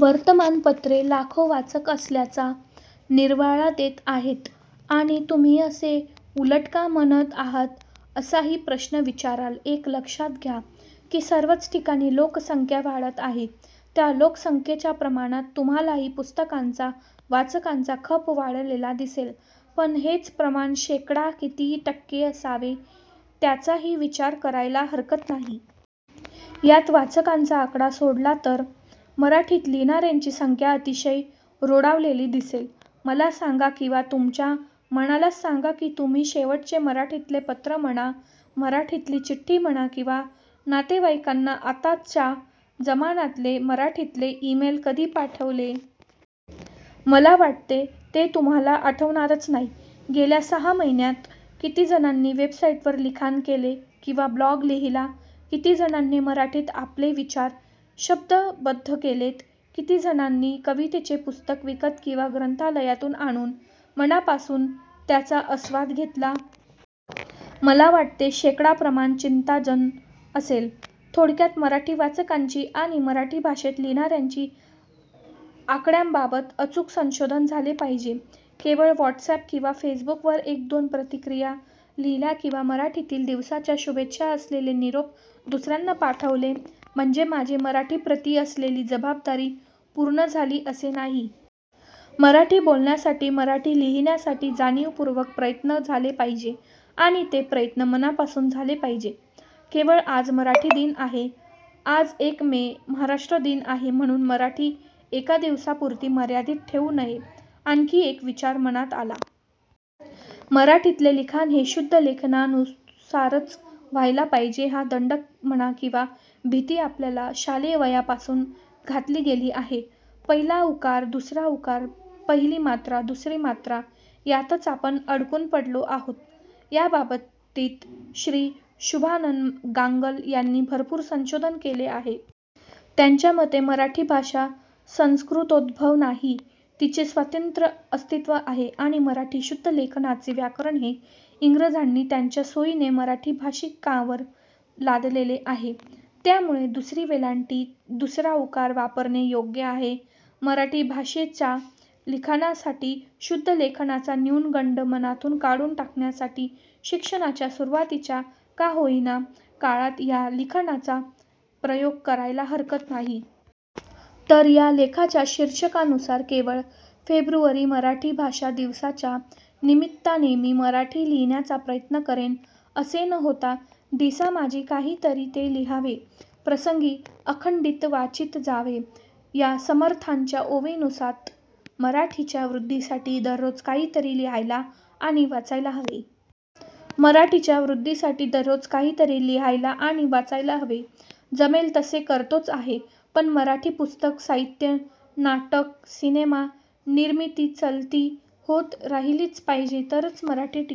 वर्तमानपत्रे लाखो वाचक असल्याचा निर्वाळा देत आहेत आणि तुम्ही असे उलट का म्हणत आहात असाही प्रश्न विचाराल. एक लक्षात घ्या, की सर्वच ठिकाणी लोकसंख्या वाढत आहे. त्या लोकसंख्येच्या प्रमाणात तुम्हाला पुस्तकांचा, वाचकांचा खप वाढलेला दिसेल, पण हेच प्रमाण शेकडा किती टक्के असावे त्याचाही विचार करायला हरकत नाही. यात वाचकांचा आकडा सोडला तर मराठीत लिहीणार्यांची संख्या अतिशय रोडावलेली दिसेल. मला सांगा किंवा तुमच्या मनालाच सांगा की तुम्ही शेवटचे मराठीतले पत्र म्हणा, मराठीतली चिठ्ठी म्हणा किंवा नातेवाईकांना आताच्या जमानातले मराठीतले ईमेल कधी पाठवले? मला वाटते ते तुम्हाला आठवणारच नाही. गेल्या सहा महिन्यांत किती जणांनी वेबसाईटवर लिखाण केले? किंवा ब्लॉग लिहीला? किती जणांनी मराठीत आपले विचार शब्दबद्ध केलेत? किती जाणांनी कवितेचे पुस्तक विकत किंवा ग्रंथालयातून आणून मनापासून त्याचा आस्वाद घेतला? मला वाटते शेकडा प्रमाण चिंताजन असेल. थोडक्यात मराठी वाचकांची आणि मराठी भाषेत लिहीणार्यांच्या आकड्यांबाबत अचूक संशोधन झाले पाहिजे. केवळ व्हाटसअॅप किंवा फेसबूकवर एक दोन प्रतिक्रीया लिहील्या किंवा मराठीतील दिवसाच्या शुभेच्छा असलेले निरोप दुसर्यांना पाठवले म्हणजे माझी मराठीप्रती असलेली जबाबदारी पूर्ण झाली असे नाही. मराठी बोलण्यासाठी, मराठी लिहीण्यासाठी जाणीवपूर्वक प्रयत्न झाले पाहिजे. आणि ते प्रयत्न मनापासून झाले पाहिजे. केवळ आज मराठी दिन आहे, आज एक मे, महाराष्ट्र दिन आहे म्हणून मराठी एका दिवसापुरती मर्यादित ठेवू नये. आणखी एक विचार मनात आला. मराठीतले लिखाण हे शुद्धलेखनानुसारच व्हायला पाहिजे हा दंडक म्हणा किंवा भिती आपल्याला शालेय वयापासून घातली गेली आहे. पहिला उकार, दुसरा उकार, पहिली मात्रा दुसरी मात्रा यातच आपण अडकून पडलो आहोत. याबाबतीत श्री. शुभानन गांगल यांनी भरपुर संशोधन केले आहे. त्यांच्या मते मराठी भाषा संस्कृतोद्भव नाही. तिचे स्वतंत्र अस्तित्व आहे. आणि मराठी शुद्धलेखनाचे व्याकरण हे इंग्रजांनी त्यांच्या सोईने मराठी भाषीकांवर लादलेले आहे. त्यामुळे दुसरी वेलांटी, दुसरा उकार वापरणे योग्य आहे. मराठी भाषेच्या लिखाणासाठी, शुद्धलेखनाचा न्युनगंड मनातून काढून टाकण्यासाठी शिक्षणाच्या सुरूवातीच्या का होईना काळात या लिखाणाचा प्रयोग करायला हरकत नाही. तर या लेखाच्या शिर्षकानुसार केवळ " फेब्रुवरी, मराठी भाषा दिवसाच्या निमित्तानेमी मराठी लिहीण्याचा प्रयत्न करेन" असे न होता "दिसामाजी काहीतरी ते लिहावे। प्रसंगी अखंडित वाचीत जावे", या समर्थांच्या ओवीनुसात मराठीच्या वृद्धीसाठी दररोज काहीतरी लिहायला आणि वाचायला हवे. मराठीच्या वृद्धीसाठी दररोज काहीतरी लिहायला आणि वाचायला हवे. >> जमेल तसे करतोच आहे! पण मराठी पुस्तकं ाहित्य, नाटक, सिनेमा निर्मिती-चलती होत राहिलीच पाहिजे तरच 'मराठी' टिकेल <- असं